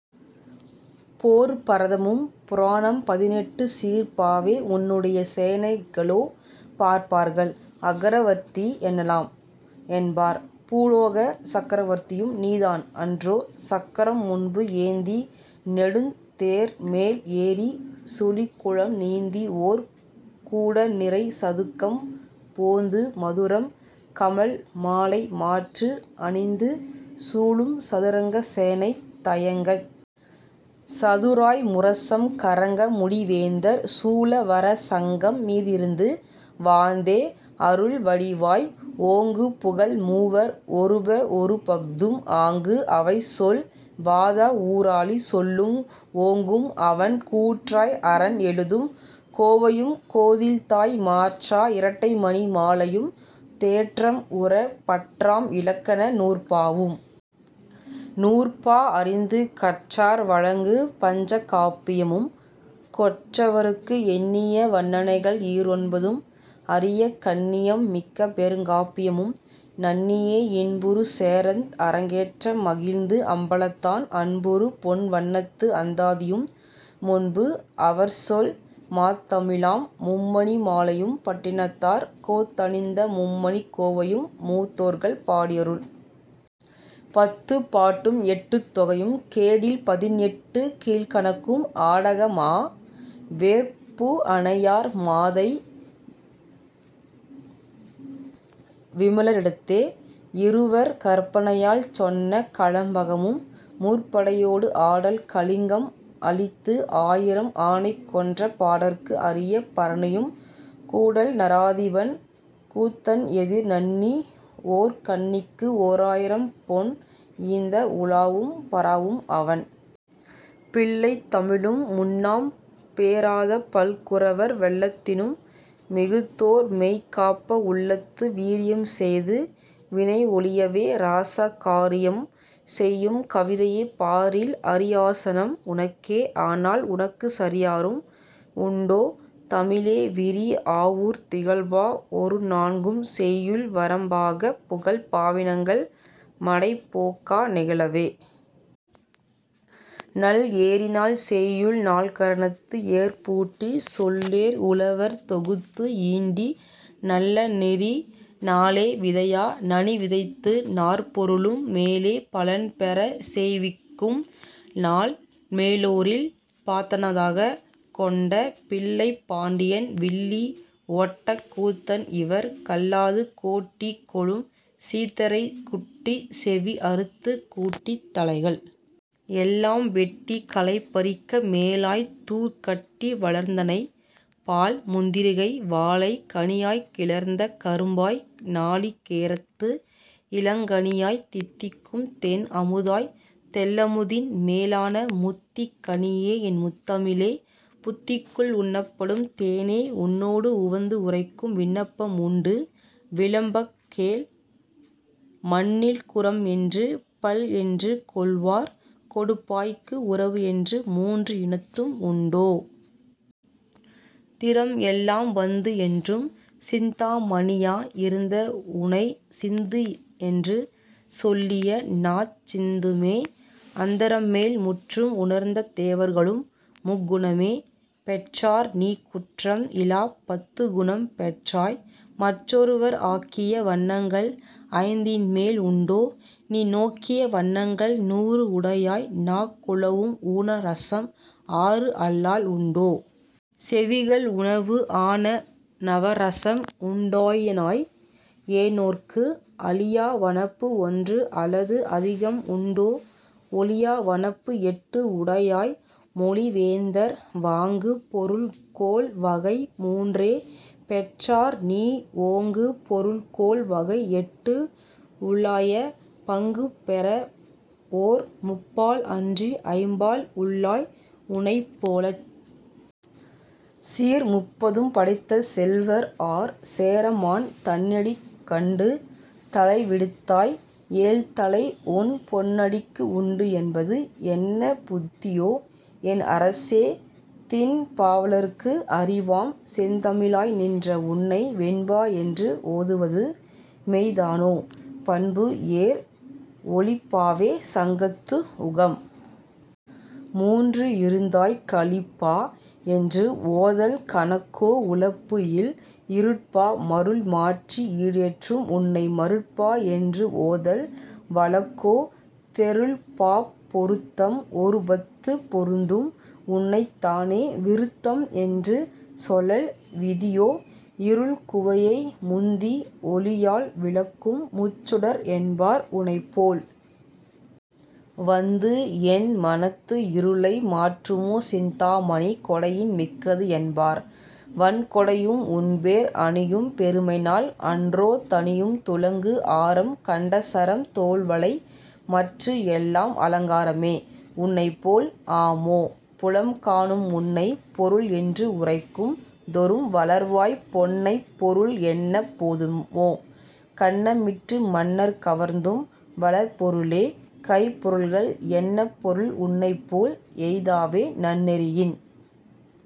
போர்ப் பரதமும் புராணம் பதினெட்டும் சீர்ப்பாவே உன்னுடைய சேனைகளோ பார்ப்பார்கள் அக்கரவர்த்தி எனலாம் என்பார் பூலோக சக்கரவர்த்தியும் நீதான் அன்றோ சக்கரம்முன்பு ஏந்தி நெடுந் தேர்மேல் ஏறிச் சுழிகுளம் நீந்திஓர் கூடநிறை சதுக்கம் போந்து மதுரம் கமழ் மாலைமாற்று அணிந்து சூழும் சதுரங்க சேனை தயங்கச் சதுராய் முரசம் கறங்க முடிவேந்தர் சூழ வர சங்கம் மீதிருந்து வாழ்ந்தே அருள் வடிவாய் ஓங்குபுகழ் மூவர் ஒருபஒருபஃதும் ஆங்கு அவை சொல் வாதவூராளி சொல்லும் ஓங்கும் அவன் கூற்றாய் அரன் எழுதும் கோவையும் கோதில்தாய் மாற்றா இரட்டைமணி மாலையும் தேற்றம்உற பற்றாம் இலக்கண நூற்பாவும் நூற்பா அறிந்து கற்றார் வழங்கு பஞ்சகாப்பியமும் கொற்றவருக்கு எண்ணிய வன்னனைகள் ஈரொன்பதும் அறியக் கண்ணியம் மிக்க பெருங்காப்பியமும் நன்ணியே இன்புறு சேரந் அரங்கேற்ற மகிழ்ந்து அம்பலத்தான் அன்புறு பொன்வண்னத்து அந்தாதியும் முன்பு அவர்சொல் மாத்தமிழாம் மும்மணி மாலையும் பட்டினத்தார் கோத்தணிந்த மும்மணிக் கோவையும் மூத்தோர்கள் பாடியருள் பத்துப்பாட்டும் எட்டுத்தொகையும் கேடில் பதினெட்டுக் கீழ்க்கணக்கும் ஆடக மா வெற்புஅனையார் மாதை விமலரிடத்தே இருவர் கற்பனையால் சொன்ன கலம்பகமும் முற்படையோடு ஆடல் கலிங்கம் அழித்து ஆயிரம் ஆனைகொன்ற பாடற்கு அரிய பரணியும் கூடல் நராதிபன் கூத்தன்எதிர் நண்ணி ஓர்கண்ணிக்கு ஓராயிரம்பொன் ஈந்த உலாவும் பராவும் அவன் பிள்ளைத் தமிழும் முன்னாம் பேராத பல்குரவர் வெள்ளத்தினும் மிகுத்தோர் மெய்காப்ப உள்ளத்து வீரியம் செய்து வினையொழியவே ராச காரியம் செய்யும் கவிதையே பாரில் அரியாசனம் உனக்கே ஆனால் உனக்குச் சரியாரும் உண்டோ தமிழே விரிஆவுர் திகழ்பா ஒருநான்கும் செய்யுள் வரம்பாகப் புகழ் பாவினங்கள் மடைப்போக்கா நிகழவே நல்ஏரினால் செய்யுள் நால்கரணத்து ஏர்பூட்டிச் சொல்லேர் உழவர் தொகுத்து ஈண்டி நல்லநெறி நாலே விதையா நனிவிதைத்து நாற்பொருளும் மேலே பலன்பெறச் செய்விக்கும் நாள் மேலோரில் பாத்தனதாகக் கொண்ட பிள்ளைப்பாண்டியன் வில்லி ஒட்டக் கூத்தன் இவர் கல்லாது கோட்டி கொளும் சீத்தைரைக் குட்டிச் செவிஅறுத்துக் கூட்டித் தலைகள் எல்லாம் வெட்டிக் களைபறிக்க மேலாய்த் தூர் கட்டி வளர்ந்தனை பால் முந்திரிகை வாழைக் கனியாய்க் கிளர்ந்த கரும்பாய் நாளிகேரத்து இளங்கனியாய் தித்திக்கும் தென்அமுதாய்த் தெள்ளமுதின் மேலான முத்திக் கனியே என் முத்தமிழே புத்திக்குள் உண்ணப்படும் தேனே உன்னோடு உவந்து உரைக்கும் விண்ணப்பம் உண்டு விளம்பக் கேள் மண்ணில் குறம்என்று பள்என்று கொள்வார் கொடுப்பாய்க்கு உறவுஎன்று மூன்று இனத்தும் உண்டோ! திறம்எல்லாம் வந்துஎன்றும் சிந்தாமணியா இருந்த உனைச் சிந்துஎன்று சொல்லிய நாச் சிந்துமே அந்தரம்மேல் முற்றும் உணர்ந்த தேவர்களும் முக்குணமே பெற்றார்நீ குற்றம் இலாப் பத்துக்குணம் பெற்றாய் மற்றொருவர் ஆக்கிய வண்ணங்கள் ஐந்தின்மேல் உண்டோ நீ நோக்கிய வண்ணங்கள் நூறுஉடையாய் நாக் குலவும் ஊனரசம் ஆறுஅல்லால் உண்டோ செவிகள் உணவு ஆன நவரசம் உண்டாயினாய் ஏனோர்க்கு அழியா வனப்பு ஒன்றுஅலது அதிகம் உண்டோ ஒழியா வனப்பு எட்டு உடையாய் மொழிவேந்தர் வாங்கு பொருள்கோள் வகை மூன்றே பெற்றார்நீ ஓங்கு பொருள்கோள் வகை எட்டு உள்ளாயே பாங்குபெற ஓர் முப்பால் அன்றி ஐம்பால் உள்ளாய் உனைப்போலச் சீர் முப்பதும் படைத்த செல்வர் ஆர் சேரமான் தன்னடிக் கண்டு தளை விடுத்தாய் ஏழ்தளை உன் பொன்னடிக்கு உண்டு என்பது என்ன புத்தியோ என் அரசே திண் பாவலர்க்கு அறிவாம் செந்தமிழாய் நின்றஉன்னை வெண்பா என்று ஓதுவது மெய்தானோ பண்பு ஏர் ஒலிப்பாவே சங்கத்து உகம் மூன்று இருந்தாய் கலிப்பா என்று ஓதல் கணக்கோ உலப்பு இல் இருட்பா மருள் மாற்றி ஈடேற்றும் உன்னை மருட்பா என்று ஓதல் வழக்கோ தெருள்பாப் பொருத்தம் ஒருபத்துப் பொருந்தும் உனைத்தானே விருத்தம் என்று சொல்லல் விதியோ இருள்குவையை முந்தி ஒளியால் விலக்கும் முச்சுடர் என்பார் உனைப்போல் வந்து என் மனத்து இருளை மாற்றுமோ சிந்தா மணி கொடையின் மிக்கது என்பார் வண்கொடையும் உன்பேர் அணியும் பெருமையினால் அன்றோ தணியும் துலங்கு ஆரம் கண்டசரம் தோள்வளை மற்றுஎல்லாம் அலங்காரமே உனைப்போல் ஆமோ புலம்காணும் உன்னைப் பொருள்என்று உரைக்கும் தொறும் வளர்வாய் பொன்னைப் பொருள் என்னப் போதுமோ கன்னமிட்டு மன்னர் கவர்ந்தும் வளர்பொருளே கைப்பொருள்கள் என்ன பொருள் உனைப்போல் எய்தாவே நன்னெறியின்।